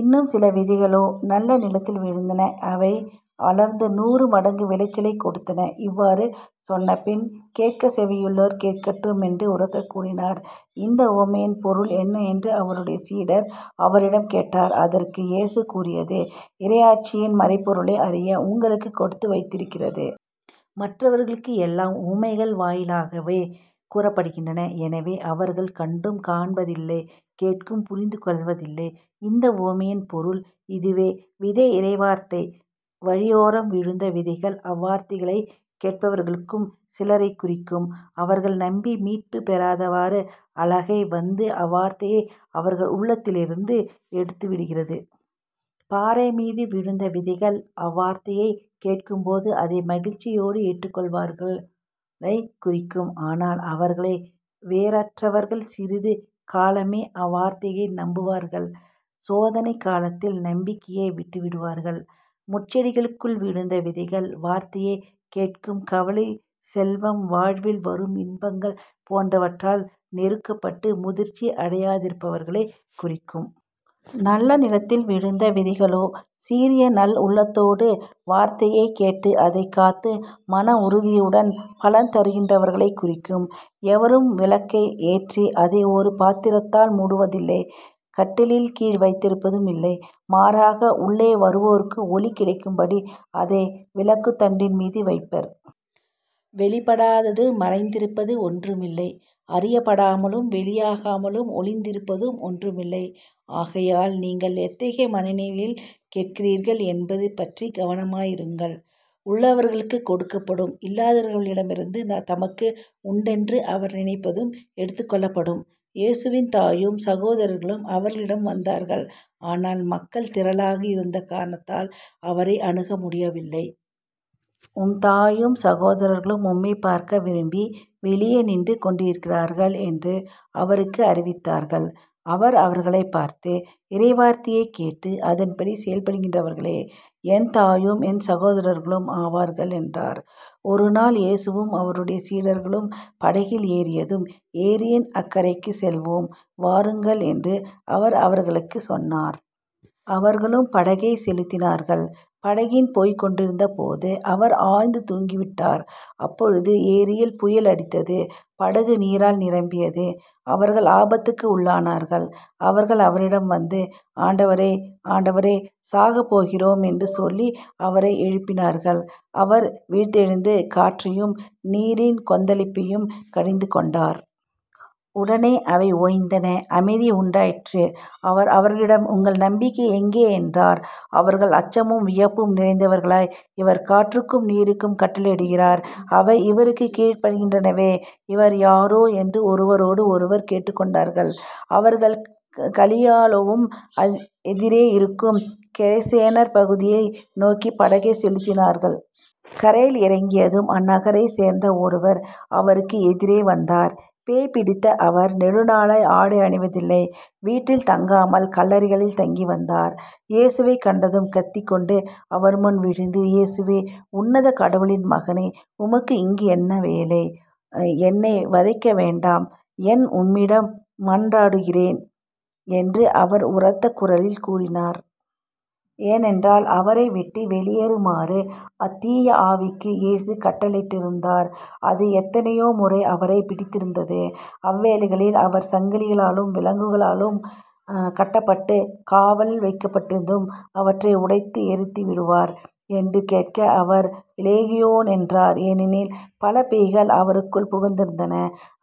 இன்னும் சில விதைகளோ நல்ல நிலத்தில் விழுந்தன. அவை வளர்ந்து நூறு மடங்கு விளைச்சலைக் கொடுத்தன. இவ்வாறு சொன்னபின் கேட்கச் செவியுள்ளோர் கேட்கட்டும் என்று உரக்கக் கூறினார். இந்த உவமையின் பொருள் என்ன என்று அவருடைய சீடர் அவரிடம் கேட்டார். அதற்கு இயேசு கூறியது இறையாட்சியின் மறைபொருளை அறிய உங்களுக்குக் கொடுத்து வைத்திருக்கிறது. மற்றவர்களுக்கு எல்லாம் உவமைகள் வாயிலாகவே கூறப்படுகின்றன. எனவே அவர்கள் கண்டும் காண்பதில்லை கேட்டும் புரிந்துகொள்வதில்லை. இந்த உவமையின் பொருள் இதுவே விதை இறைவார்த்தை. வழியோரம் விழுந்த விதைகள் அவ்வார்த்தைகளைக் கேட்பவர்களுள் சிலரைக் குறிக்கும். அவர்கள் நம்பி மீட்புப் பெறாதவாறு அலகை வந்து அவ்வார்த்தையை அவர்கள் உள்ளத்திலிருந்து எடுத்துவிடுகிறது. பாறைமீது விழுந்த விதைகள் அவ்வார்த்தையைக் கேட்கும்போது அதை மகிழ்ச்சியோடு ஏற்றுக்கொள்பவர்களைக் குறிக்கும். ஆனால் அவர்கள் வேரற்றவர்கள் சிறிது காலமே அவ்வார்த்தையை நம்புவார்கள் சோதனைக் காலத்தில் நம்பிக்கையை விட்டுவிடுவார்கள். முட்செடிகளுக்குள் விழுந்த விதைகள் வார்த்தையைக் கேட்டும் கவலை செல்வம் வாழ்வில் வரும் இன்பங்கள் போன்றவற்றால் நெருக்கப்பட்டு முதிர்ச்சி அடையாதிருப்பவர்களைக் குறிக்கும். நல்ல நிலத்தில் விழுந்த விதைகளோ சீரிய நல் உள்ளத்தோடு வார்த்தையைக் கேட்டு அதைக் காத்து மன உறுதியுடன் பலன் தருகிறவர்களைக் குறிக்கும். எவரும் விளக்கை ஏற்றி அதை ஒரு பாத்திரத்தால் மூடுவதில்லை கட்டிலின் கீழ் வைப்பதுமில்லை. மாறாக உள்ளே வருவோருக்கு ஒளி கிடைக்கும்படி அதை விளக்குத்தண்டின் மீது வைப்பர். வெளிப்படாது மறைந்திருப்பது ஒன்றுமில்லை. அறியப்படாமலும் வெளியாகாமலும் ஒளிந்திருப்பதும் ஒன்றுமில்லை. ஆகையால் நீங்கள் எத்தகைய மனநிலையில் கேட்கிறீர்கள் என்பது பற்றிக் கவனமாயிருங்கள். உள்ளவருக்குக் கொடுக்கப்படும் இல்லாதவரிடமிருந்து தமக்கு உண்டென்று அவர் நினைப்பதும் எடுத்துக்கொள்ளப்படும். இயேசுவின் தாயும் சகோதரர்களும் அவரிடம் வந்தார்கள். ஆனால் மக்கள் திரளாக இருந்த காரணத்தால் அவரை அணுகமுடியவில்லை. உம்தாயும், சகோதரர்களும் உம்மைப் பார்க்க விரும்பி வெளியே நின்று கொண்டிருக்கிறார்கள் என்று அவருக்கு அறிவித்தார்கள். அவர் அவர்களைப் பார்த்து இறைவார்த்தையைக் கேட்டு அதன்படி செயல்படுகிறவர்களே என் தாயும் என் சகோதரர்களும் ஆவார்கள்" என்றார். ஒரு நாள் இயேசுவும் அவருடைய சீடர்களும் படகில் ஏறியதும் ஏரியின் அக்கரைக்குச் செல்வோம் வாருங்கள் என்று அவர் அவர்களுக்குச் சொன்னார். அவர்களும் படகைச் செலுத்தினார்கள். படகில் போய்க் கொண்டிருந்தபோது அவர் ஆழ்ந்து தூங்கிவிட்டார். அப்பொழுது ஏரியில் புயல் அடித்தது. படகு நீரால் நிரம்பியது. அவர்கள் ஆபத்துக்கு உள்ளானார்கள். அவர்கள் அவரிடம் வந்து ஆண்டவரே ஆண்டவரே சாகப் போகிறோம் என்று சொல்லி அவரை எழுப்பினார்கள். அவர் விழித்தெழுந்து காற்றையும் நீரின் கொந்தளிப்பையும் கடிந்துகொண்டார். உடனே அவை ஓய்ந்தன அமைதி உண்டாயிற்று. அவர் அவர்களிடம் உங்கள் நம்பிக்கை எங்கே? என்றார். அவர்கள் அச்சமும் வியப்பும் நிறைந்தவர்களாய் இவர் காற்றுக்கும் நீருக்கும் கட்டளையிடுகிறார். அவை இவருக்குக் கீழ்ப்படிகின்றனவே. இவர் யாரோ? என்று ஒருவரோடு ஒருவர் பேசிக்கொண்டார்கள். அவர்கள் கலிலேயாவுக்கு எதிரே இருக்கும் கெரசேனர் பகுதியை நோக்கிப் படகைச் செலுத்தினார்கள். கரையில் இறங்கியதும் அந்நகரைச் சேர்ந்த ஒருவர் அவருக்கு எதிரே வந்தார். பேய் பிடித்த அவர் நெடுநாளாய் ஆடை அணிவதில்லை வீட்டில் தங்காமல் கல்லறைகளில் தங்கிவந்தார். இயேசுவைக் கண்டதும் கத்திக்கொண்டு அவர்முன் விழுந்து இயேசுவே உன்னத கடவுளின் மகனே உமக்கு இங்கு என்ன வேலை? என்னை வதைக்க வேண்டாம் என உம்மிடம் மன்றாடுகிறேன் என்று அவர் உரத்த குரலில் கூறினார். ஏனென்றால், அவரைவிட்டு வெளியேறுமாறு அத்தீய ஆவிக்கு இயேசு கட்டளையிட்டிருந்தார். அது எத்தனையோ முறை அவரைப் பிடித்திருந்தது. அவ்வேளைகளில் அவர் சங்கிலிகளாலும் விலங்குகளாலும் கட்டப்பட்டுக் காவலில் வைக்கப்பட்டிருந்தும் அவற்றை உடைத்து எறிந்துவிடுவார். என்று கேட்க அவர் இலேகியோன் என்றார். ஏனெனில் பல பேய்கள் அவருக்குள் புகுந்திருந்தன.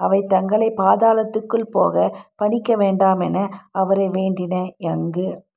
அவை தங்களைப் பாதாளத்துக்குள் போகப் பணிக்கவேண்டாமென அவரை வேண்டின. அங்கு